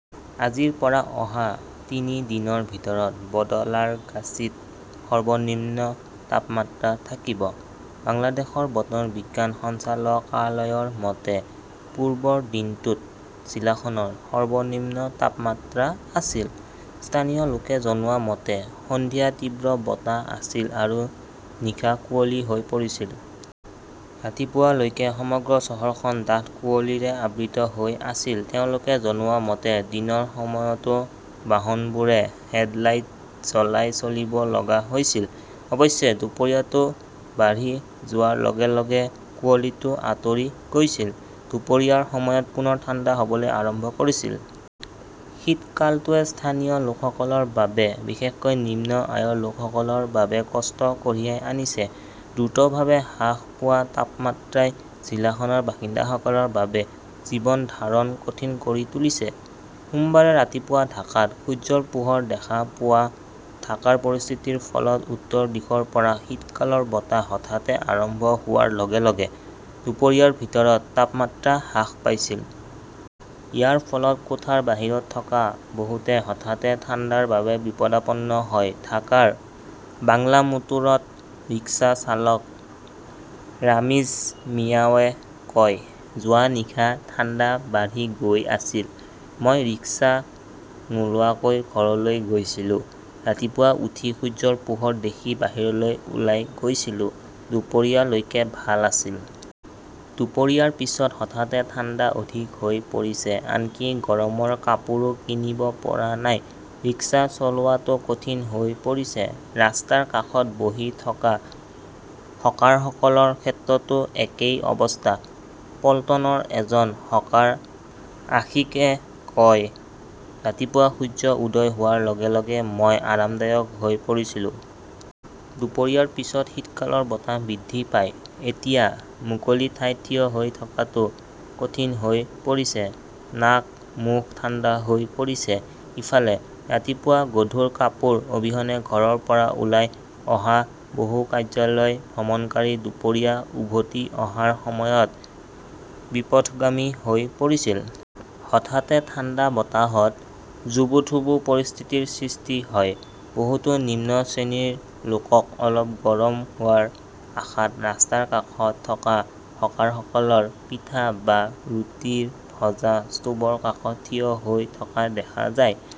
আজিৰ পৰা অহা তিনি দিনৰ ভিতৰত বদলাৰগাচীত সৰ্বনিম্ন তাপমাত্ৰা থাকিব। বাংলাদেশ বতৰ বিজ্ঞান সঞ্চালকালয়ৰ মতে, পূৰ্বৰ দিনটোত জিলাখনৰ সৰ্বনিম্ন তাপমাত্ৰা আছিল। স্থানীয় লোকে জনোৱা মতে সন্ধিয়া তীব্ৰ বতাহ আছিল আৰু নিশা কুঁৱলী হৈ পৰিছিল। ৰাতিপুৱা লৈকে সমগ্ৰ চহৰখন ডাঠ কুঁৱলীৰে আবৃত হৈ আছিল। তেওঁলোকে জনোৱা মতে, দিনৰ সময়তো বাহনবোৰে হেডলাইট জ্বলাই চলিব লগা হৈছিল। অৱশ্যে, দুপৰীয়াটো বাঢ়ি যোৱাৰ লগে লগে কুঁৱলীটো আঁতৰি গৈছিল। দুপৰীয়াৰ সময়ত পুনৰ ঠাণ্ডা হ'বলৈ আৰম্ভ কৰিছিল। শীতকালটোৱে স্থানীয় লোকসকলৰ বাবে বিশেষকৈ নিম্ন আয়ৰ লোকসকলৰ বাবে কষ্ট কঢ়িয়াই আনিছে। দ্ৰুতভাৱে হ্ৰাস পোৱা তাপমাত্ৰাই জিলাখনৰ বাসিন্দাসকলৰ বাবে জীৱন ধাৰণ কঠিন কৰি তুলিছে। সোমবাৰে ৰাতিপুৱা ঢাকাত সূৰ্যৰ পোহৰ দেখা পোৱা, ঢাকাৰ পৰিস্থিতিৰ ফলত উত্তৰ দিশৰ পৰা শীতকালৰ বতাহ হঠাতে আৰম্ভ হোৱাৰ লগে লগে দুপৰীয়াৰ ভিতৰত তাপমাত্ৰা হ্ৰাস পাইছিল। ইয়াৰ ফলত কোঠাৰ বাহিৰত থকা বহুতে হঠাতে ঠাণ্ডাৰ বাবে বিপদাপন্ন হয়। ঢাকাৰ বাংলামোটোৰত ৰিক্সা চালক ৰামিজ মিয়াৱে কয়,"যোৱা নিশা ঠাণ্ডা বাঢ়ি গৈ আছিল।" মই ৰিক্সা নোলোৱাকৈ ঘৰলৈ গৈছিলোঁ। ৰাতিপুৱা উঠি সূৰ্যৰ পোহৰ দেখি বাহিৰলৈ ওলাই গৈছিলোঁ, দুপৰীয়া লৈকে ভাল আছিল। দুপৰীয়াৰ পিছত হঠাতে ঠাণ্ডা অধিক হৈ পৰিছে। আনকি গৰমৰ কাপোৰো কিনিব পৰা নাই। ৰিক্সা চলোৱাটো কঠিন হৈ পৰিছে। ৰাস্তাৰ কাষত বহি থকা হকাৰসকলৰ ক্ষেত্ৰতো একেই অৱস্থা। পল্টনৰ এজন হকাৰ আশিকই কয়,"ৰাতিপুৱা সূৰ্য উদয় হোৱাৰ লগে লগে মই আৰামদায়ক হৈ পৰিছিলো।" দুপৰীয়াৰ পিছত শীতকালৰ বতাহ বৃদ্ধি পায়। এতিয়া মুকলি ঠাইত থিয় হৈ থকাটো কঠিন হৈ পৰিছে। নাক, মুখ ঠাণ্ডা হৈ পৰিছে। ইফালে ৰাতিপুৱা গধুৰ কাপোৰ অবিহনে ঘৰৰ পৰা ওলাই অহা বহু কাৰ্যালয় ভ্ৰমণকাৰী দুপৰীয়া উভতি অহাৰ সময়ত বিপথগামী হৈ পৰিছিল। হঠাতে ঠাণ্ডা বতাহত জুবুথুবু পৰিস্থিতিৰ সৃষ্টি হয়। বহুতো নিম্ন শ্ৰেণীৰ লোকক অলপ গৰম হোৱাৰ আশাত ৰাস্তাৰ কাষত থকা হকাৰসকলৰ পিঠা বা ৰুটিৰ ভজা ষ্টোভৰ কাষত থিয় হৈ থকা দেখা যায়।